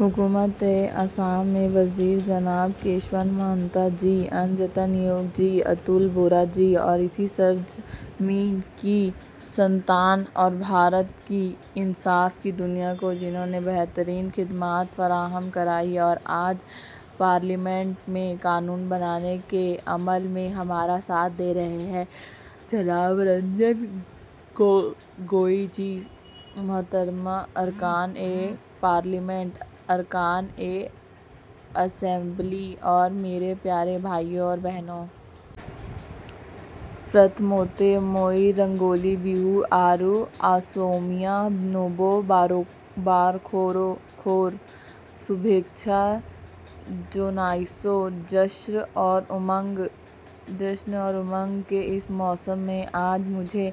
حکومتِ آسام میں وزیر جناب کیشب مہانتا جی، اجنتا نیوگ جی، اتل بورا جی اور اسی سرزمین کی سنتان اور بھارت کی انصاف کی دنیا کو، جنہوں نے بہترین خدمات فراہم کرائیں اور آج پارلیمنٹ میں قانون بنانے کے عمل میں ہمارا ساتھ دے رہے ہیں، جناب رنجن گوگوئی جی، محترم ارکانِ پارلیمنٹ، ارکانِ اسمبلی اور میرے پیارے بھائیو اور بہنو! پرتھوموتے موئی رونگالی بیہو، آرو آسومیا نوبو بورخور شوبھےچھا جونائیسو! جشن اور امنگ کے اس موسم میں آج مجھے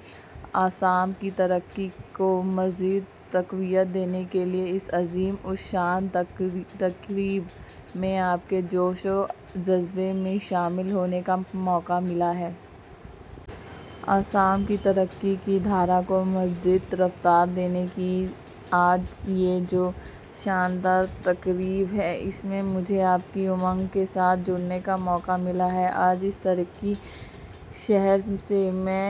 آسام کی ترقی کو مزید تقویت دینے کے لیے اس عظیم الشان تقریب میں آپ کے جوش و جذبے میں شامل ہونے کا موقع ملا ہے۔ آسام کی ترقی کی دھارا کو مزید رفتار دینے کی آج یہ جو شاندار تقریب ہے، اس میں مجھے آپ کی امنگ کے ساتھ جڑنے کا موقع ملا ہے۔ آج اس تاریخی شہر سے میں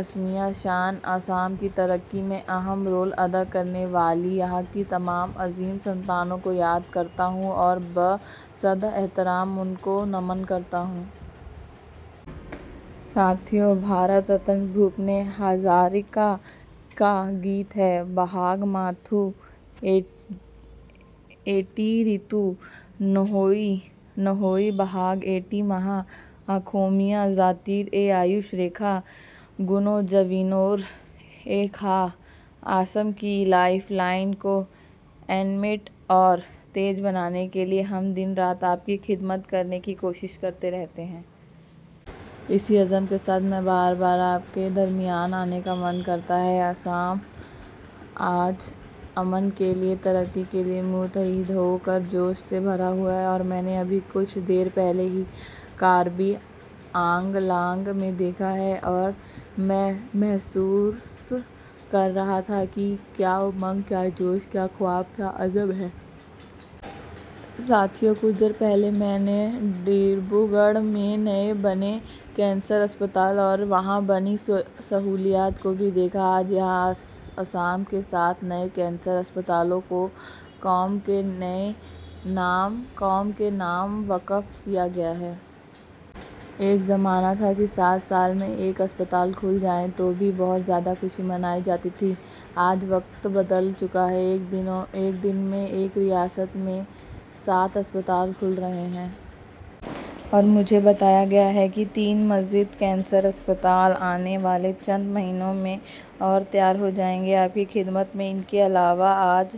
اسمیا شان، آسام کی ترقی میں اہم رول ادا کرنے والی یہاں کی تمام عظیم سنتانوں کو یاد کرتا ہوں اور بصد احترام ان کو نمن کرتا ہوں۔ ساتھیو، بھارت رتن بھوپین ہزاریکا کا گیت ہے- بہاغ ماثو ایٹی ریتو نوہوئی، نوہوئی بہاغ ایٹی ماہ، آکھومیا جاتیر ای آیوش ریکھا، گونو جیونور ای کھاہ! آسام کی لائف لائن کو انمٹ اور تیز بنانے کے لیے، ہم دن رات آپ کی خدمت کرنے کی کوشش کرتے رہتے ہیں۔ اسی عزم کے ساتھ میں بار بار آپ کے درمیان آنے کا من کرتا ہے۔ آسام آج امن کے لیے، ترقی کے لیے متحد ہو کر جوش سے بھرا ہوا ہے، اور میں نے ابھی کچھ دیر پہلے ہی کاربی آنگلانگ میں دیکھا ہے اور میں محسوس کر رہا تھا کہ کیا امنگ، کیا جوش، کیا خواب، کیا عزم ہے۔ ساتھیو، کچھ دیر پہلے میں نے ڈبرو گڑھ میں نئے بنے کینسر اسپتال اور وہاں بنی سہولیات کو بھی دیکھا۔ آج یہاں آسام کے سات نئے کینسر اسپتالوں کو قوم کے نام وقف کیا گیا ہے۔ ایک زمانہ تھا کہ سات سال میں ایک اسپتال کھل جائے تو بھی بہت زیادہ خوشی منائی جاتی تھی۔ آج وقت بدل چکا ہے، ایک دن میں ایک ریاست میں سات اسپتال کھل رہے ہیں۔ اور مجھے بتایا گیا ہے کہ تین مزید کینسر اسپتال آنے والے چند مہینوں میں اور تیار ہو جائیں گے آپ کی خدمت میں۔ ان کے علاوہ آج...